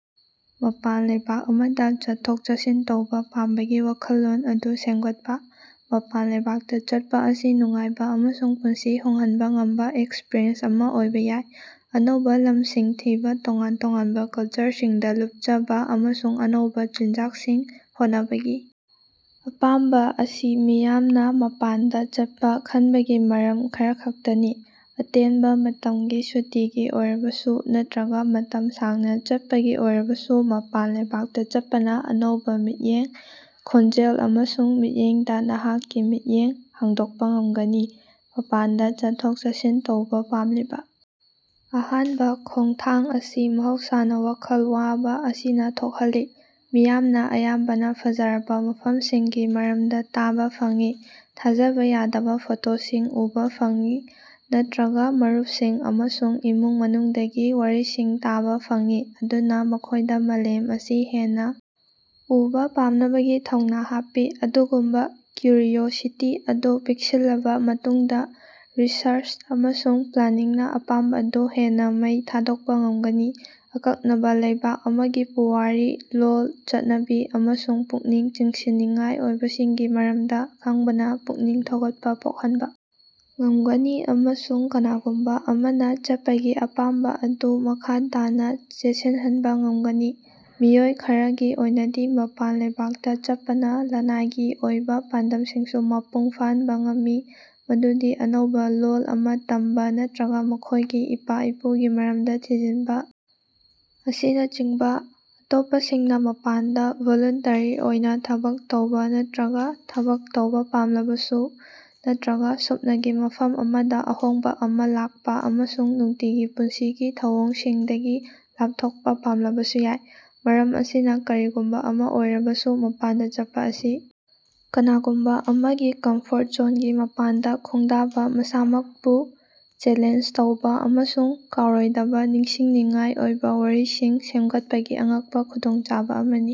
ꯃꯄꯥꯟ ꯂꯩꯕꯥꯛ ꯑꯃꯗ ꯆꯠꯊꯣꯛ-ꯆꯠꯁꯤꯟ ꯇꯧꯕ ꯄꯥꯝꯕꯒꯤ ꯋꯥꯈꯜꯂꯣꯟ ꯑꯗꯨ ꯁꯦꯝꯒꯠꯄ꯫ ꯃꯄꯥꯟ ꯂꯩꯕꯥꯛꯇ ꯆꯠꯄ ꯑꯁꯤ ꯅꯨꯡꯉꯥꯏꯕ ꯑꯃꯁꯨꯡ ꯄꯨꯟꯁꯤ ꯍꯣꯡꯍꯟꯕ ꯉꯝꯕ ꯑꯦꯛꯁꯄꯔꯤꯌꯦꯟꯁ ꯑꯃ ꯑꯣꯏꯕ ꯌꯥꯏ꯫ ꯑꯅꯧꯕ ꯂꯝꯁꯤꯡ ꯊꯤꯕ, ꯇꯣꯉꯥꯟ ꯇꯣꯉꯥꯟꯕ ꯀꯜꯆꯔꯁꯤꯡꯗ ꯂꯨꯄꯆꯕ ꯑꯃꯁꯨꯡ ꯑꯅꯧꯕꯀ ꯆꯤꯟꯖꯥꯛꯁꯤꯡ ꯍꯣꯠꯅꯕꯒꯤ ꯑꯄꯥꯝꯕ ꯑꯁꯤ ꯃꯤꯌꯥꯝꯅ ꯃꯄꯥꯟꯗ ꯆꯠꯄ ꯈꯟꯕꯒꯤ ꯃꯔꯝ ꯈꯔꯈꯛꯇꯅꯤ꯫ ꯑꯇꯦꯟꯕ ꯃꯇꯝꯒꯤ ꯁꯨꯇꯤꯒꯤ ꯑꯣꯏꯔꯕꯁꯨ ꯅꯠꯇ꯭ꯔꯒ ꯃꯇꯝ ꯁꯥꯡꯅ ꯆꯠꯄꯒꯤ ꯑꯣꯏꯔꯕꯁꯨ ꯃꯄꯥꯟ ꯂꯩꯕꯥꯛꯇ ꯆꯠꯄꯅ ꯑꯅꯧꯕ ꯃꯤꯠꯌꯦꯡ, ꯈꯣꯟꯖꯦꯜ ꯑꯃꯁꯨꯡ ꯃꯤꯠꯌꯦꯡꯗ ꯅꯍꯥꯛꯀꯤ ꯃꯤꯠꯌꯦꯡ ꯍꯥꯡꯗꯣꯛꯄ ꯉꯝꯒꯅꯤ꯫ ꯃꯄꯥꯟꯗ ꯆꯠꯊꯣꯛ-ꯆꯠꯁꯤꯟ ꯇꯧꯕ ꯄꯥꯝꯂꯤꯕ ꯑꯍꯥꯟꯕ ꯈꯣꯡꯊꯥꯡ ꯑꯁꯤ ꯃꯍꯧꯁꯥꯅ ꯋꯥꯈꯜ ꯋꯥꯕ ꯑꯁꯤꯅ ꯊꯣꯛꯍꯜꯂꯤ꯫ ꯃꯤꯌꯥꯝꯅ ꯑꯌꯥꯝꯕꯅ ꯐꯖꯔꯕ ꯃꯐꯝꯁꯤꯡꯒꯤ ꯃꯔꯝꯗ ꯇꯥꯕ ꯐꯪꯏ꯫ ꯊꯥꯖꯕ ꯌꯥꯗꯕ ꯐꯣꯇꯣꯁꯤꯡ ꯎꯕ ꯐꯪꯏ ꯅꯠꯠꯜꯇ꯭ꯔꯒ ꯃꯔꯨꯄꯁꯤꯡ ꯑꯃꯁꯨꯡ ꯏꯃꯨꯡ ꯃꯅꯨꯡꯗꯒꯤ ꯋꯥꯔꯤꯁꯤꯡ ꯇꯥꯕ ꯐꯪꯏ꯫ ꯃꯗꯨꯅ ꯃꯈꯣꯏꯗ ꯃꯥꯂꯦꯝ ꯑꯁꯤ ꯍꯦꯟꯅ ꯎꯕ ꯄꯥꯝꯅꯕꯒꯤ ꯊꯧꯅꯥ ꯍꯥꯞꯄꯤ꯫ ꯑꯗꯨꯒꯨꯝꯕ ꯀ꯭ꯌꯨꯔꯤꯑꯣꯁꯤꯇꯤ ꯑꯗꯨ ꯄꯤꯛꯁꯤꯜꯂꯕ ꯃꯇꯨꯡꯗ ꯔꯤꯁꯔꯆ ꯑꯃꯁꯨꯡ ꯄ꯭ꯂꯥꯅꯤꯡꯅ ꯑꯄꯥꯝꯕ ꯑꯗꯨ ꯍꯦꯟꯅ ꯃꯩ ꯊꯥꯗꯣꯛꯄ ꯉꯝꯒꯅꯤ꯫ ꯑꯀꯛꯅꯕ ꯂꯩꯕꯥꯛ ꯑꯃꯒꯤ ꯄꯨꯋꯥꯔꯤ, ꯂꯣꯜ, ꯆꯠꯅꯕꯤ ꯑꯃꯁꯨꯡ ꯄꯨꯛꯅꯤꯡ ꯆꯤꯡꯁꯤꯟꯅꯤꯡꯉꯥꯏ ꯑꯣꯏꯕꯁꯤꯡꯒꯤ ꯃꯔꯝꯗ ꯈꯪꯕꯅ ꯄꯨꯛꯅꯤꯡ ꯊꯧꯒꯠꯄ ꯄꯣꯛꯍꯟꯕ ꯉꯝꯒꯅꯤ꯫ ꯑꯃꯁꯨꯡ ꯀꯅꯥꯒꯨꯝꯕ ꯑꯃꯅ ꯆꯠꯄꯒꯤ ꯑꯄꯥꯝꯕ ꯑꯗꯨ ꯃꯈꯥ ꯇꯥꯅ ꯆꯦꯠꯁꯤꯠꯍꯟꯕ ꯉꯝꯒꯅꯤ꯫ ꯃꯤꯑꯣꯏ ꯈꯔꯒꯤ ꯑꯣꯏꯅꯗꯤ ꯃꯄꯥꯟ ꯂꯩꯕꯥꯛꯇꯥ ꯆꯠꯄꯅ ꯂꯅꯥꯏꯒꯤ ꯑꯣꯏꯕ ꯄꯥꯟꯗꯝꯁꯤꯡꯁꯨ ꯃꯄꯨꯡ ꯐꯥꯍꯟꯕ ꯉꯝꯃꯤ꯫ ꯃꯗꯨꯗꯤ ꯑꯅꯧꯕ ꯂꯣꯜ ꯑꯃ ꯇꯝꯕ ꯅꯠꯇ꯭ꯔꯒ ꯃꯈꯣꯏꯒꯤ ꯏꯄꯥ-ꯏꯄꯨꯒꯤ ꯃꯔꯝꯗ ꯊꯤꯖꯤꯟꯕ ꯑꯁꯤꯅꯆꯤꯡꯕꯥ꯫ ꯑꯇꯣꯞꯄꯁꯤꯡꯅ ꯃꯄꯥꯟꯗ ꯚꯣꯂꯨꯟꯇꯔꯤ ꯑꯣꯏꯅ ꯊꯕꯛ ꯇꯧꯕ ꯅꯠꯇ꯭ꯔꯒ ꯊꯕꯛ ꯇꯧꯕ ꯄꯥꯝꯂꯕꯁꯨ ꯅꯠꯇ꯭ꯔꯒ ꯁꯨꯞꯅꯒꯤ ꯃꯐꯝ ꯑꯃꯗ ꯑꯍꯣꯡꯕ ꯑꯃ ꯂꯥꯛꯄ ꯑꯃꯁꯨꯡ ꯅꯨꯡꯇꯤꯒꯤ ꯄꯨꯟꯁꯤꯒꯤ ꯊꯧꯑꯣꯡꯁꯤꯡꯗꯒꯤ ꯂꯥꯄꯊꯣꯛꯄ ꯄꯥꯝꯂꯕꯁꯨ ꯌꯥꯏ꯫ ꯃꯔꯝ ꯑꯁꯤ ꯀꯔꯤꯒꯨꯝꯕ ꯑꯃ ꯑꯣꯏꯔꯕꯁꯨ, ꯃꯄꯥꯟꯗ ꯆꯠꯄ ꯑꯁꯤ ꯀꯅꯥꯒꯨꯝꯕ ꯑꯃꯒꯤ ꯀꯝꯐꯣꯔꯠ ꯖꯣꯟꯒꯤ ꯃꯄꯥꯟꯗ ꯈꯣꯡꯗꯥꯕ ꯃꯁꯥꯃꯛꯄꯨ ꯆꯦꯂꯦꯟꯖ ꯇꯧꯕ ꯑꯃꯁꯨꯡ ꯀꯥꯎꯔꯣꯏꯗꯕ ꯅꯤꯡꯁꯤꯡꯅꯤꯡꯉꯥꯏ ꯑꯣꯏꯕ ꯋꯥꯔꯤꯁꯤꯡ ꯁꯦꯝꯒꯠꯄꯒꯤ ꯑꯉꯛꯄ ꯈꯨꯗꯣꯡꯆꯥꯕ ꯑꯃꯅꯤ꯫